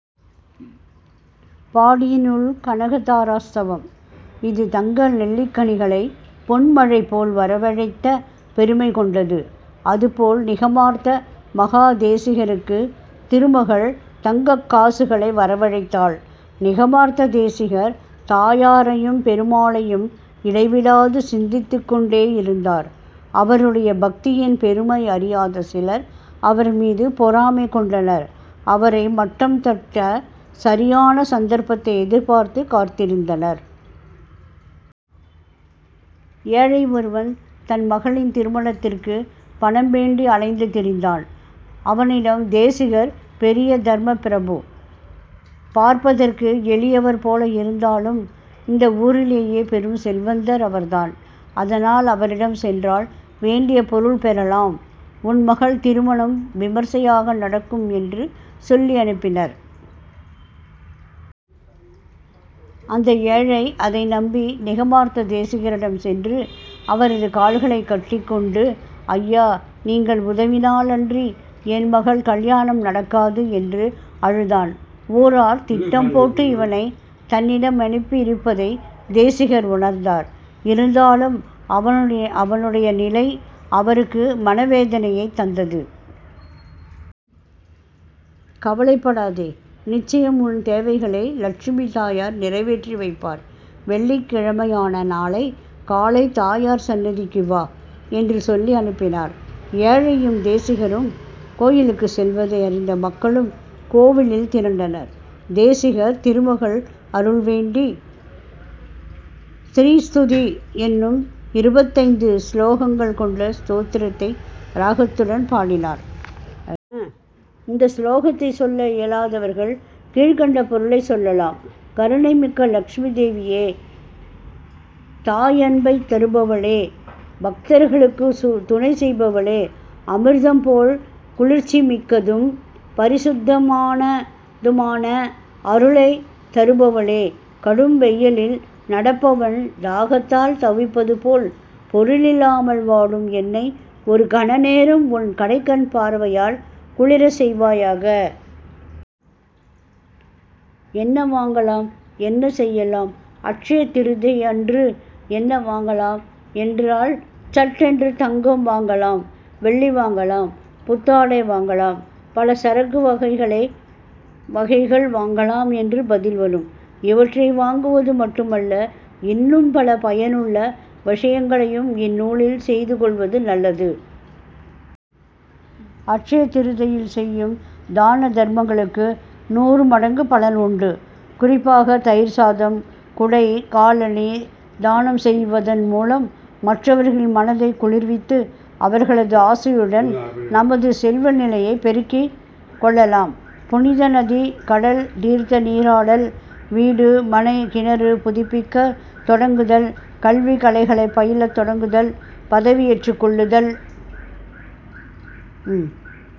பாடிய நூல் கனகதாராஸ்தவம் இத தங்க நெல்லிக்கனிகளை பொன்மழைபோல் வரவழைத்த பெருமை கொண்டது. அதுபோல நிகமாந்த மகாதேசிகருக்கு திருமகள் தங்கக்காசுகளை வரவழைத்தாள். நிகாமந்த தேசிகர் தாயாரையும் பெருமாளையும் இடைவிடாது சிந்தித்துக் கொண்டே இருந்தார். அவருடைய பக்தியின் பெருமை அறியாத சிலர் அவர்மீது பொறாமை கொண்டனர். அவரை மட்டம் தட்ட சரியான சந்தர்ப்பத்தை எதிர்பார்த்து காத்திருந்தனர். ஏழை ஒருவன் தன் மகளின் திருமணத்திற்கு பணம் வேண்டி அலைந்து திரிந்தான். அவனிடம் தேசிகர் பெரிய தர்மப்பிரபு. பார்ப்பதற்கு எளியவர் போல இருந்தாலும் இந்த ஊரிலேயே பெரும் செல்வந்தர் அவர் தான். அதனால் அவரிடம் சென்றால் வேண்டிய பொருள் பெறலாம். உன் மகள் திருமணம் விமரிசையாக நடக்கும் என்று சொல்லி அனுப்பினர். அந்த ஏழை அதை நம்பி நிகமாந்த தேசிகரிடம் சென்று அவரது கால்களைக் கட்டிக் கொண்டு ஐயா! நீங்கள் உதவினால் அன்றி என் மகள் கல்யாணம் நடக்காது என்று அழுதான். ஊரார் திட்டம் போட்டு இவனை தன்னிடம் அனுப்பி இருப்பதை தேசிகர் உணர்ந்தார். இருந்தாலும் அவனுடைய நிலை அவருக்கு மனவேதனையைத் தந்தது. கவலைப்படாதே! நிச்சயம் உன் தேவைகளை லட்சுமி தாயார் நிறைவேற்றி வைப்பார். வெள்ளிக்கிழமையான நாளை காலை தாயார் சன்னதிக்கு வா என்று சொல்லி அனுப்பினார். ஏழையும் தேசிகரும் கோயிலுக்குச் செல்வதை அறிந்த மக்களும் கோயிலில் திரண்டனர். தேசிகர் திருமகள் அருள் பெற வேண்டி ஸ்ரீஸ்துதி என்னும் இருபத்தைந்து ஸ்லோகங்கள் கொண்ட ஸ்தோத்திரத்தை ராகத்துடன் பாடினார். இந்த ஸ்லோகத்தை சொல்ல இயலாதவர்கள் கீழ்க்கண்ட பொருளைச் சொல்லலாம். கருணை மிக்க லட்சுமி தாயே! தாயன்பைத் தருபவளே! பக்தர்களுக்கு துணை செய்பவளே! அமிர்தம் போல் குளிர்ச்சிமிக்கதும் பரிசுத்தமானதுமான அருளைத் தருபவளே! கடும் வெயிலில் நடப்பவன் தாகத்தால் தவிப்பது போல் பொருளில்லாமல் வாடும் என்னை ஒரு கணநேரம் உன் கடைக்கண் பார்வையால் குளிரச் செய்வாயாக. என்ன வாங்கலாம்? என்ன செய்யலாம்? அட்சய திரிதியை அன்று என்ன வாங்கலாம் என்றால் சட்டென்று தங்கம் வாங்கலாம் வெள்ளி வாங்கலாம் புத்தாடை வாங்கலாம். பலசரக்கு வகைகள் வாங்கலாம் என்று பதில் வரும். இவற்றை வாங்குவது மட்டுமல்ல! இன்னும் பல பயனுள்ள விஷயங்களையும் இந்நாளில் செய்து கொள்வது நல்லது. அட்சயதிரிதியையில் செய்யும் தானதர்மங்களுக்கு நூறு மடங்கு பலன் உண்டு. குறிப்பாக தயிர்சாதம் குடை காலணி தானம் செய்வதன் மூலம் மற்றவர்களின் மனதைக் குளிர்வித்து அவர்களது ஆசியுடன் நமது செல்வநிலையைப் பெருக்கிக் கொள்ளலாம். புனித நதி கடல் தீர்த்தநீராடல் வீடு மனை கிணறு புதுப்பிக்கத் தொடங்குதல் கல்வி கலைகளைப் பயிலத் தொடங்குதல் பதவி ஏற்றுக் கொள்ளுதல்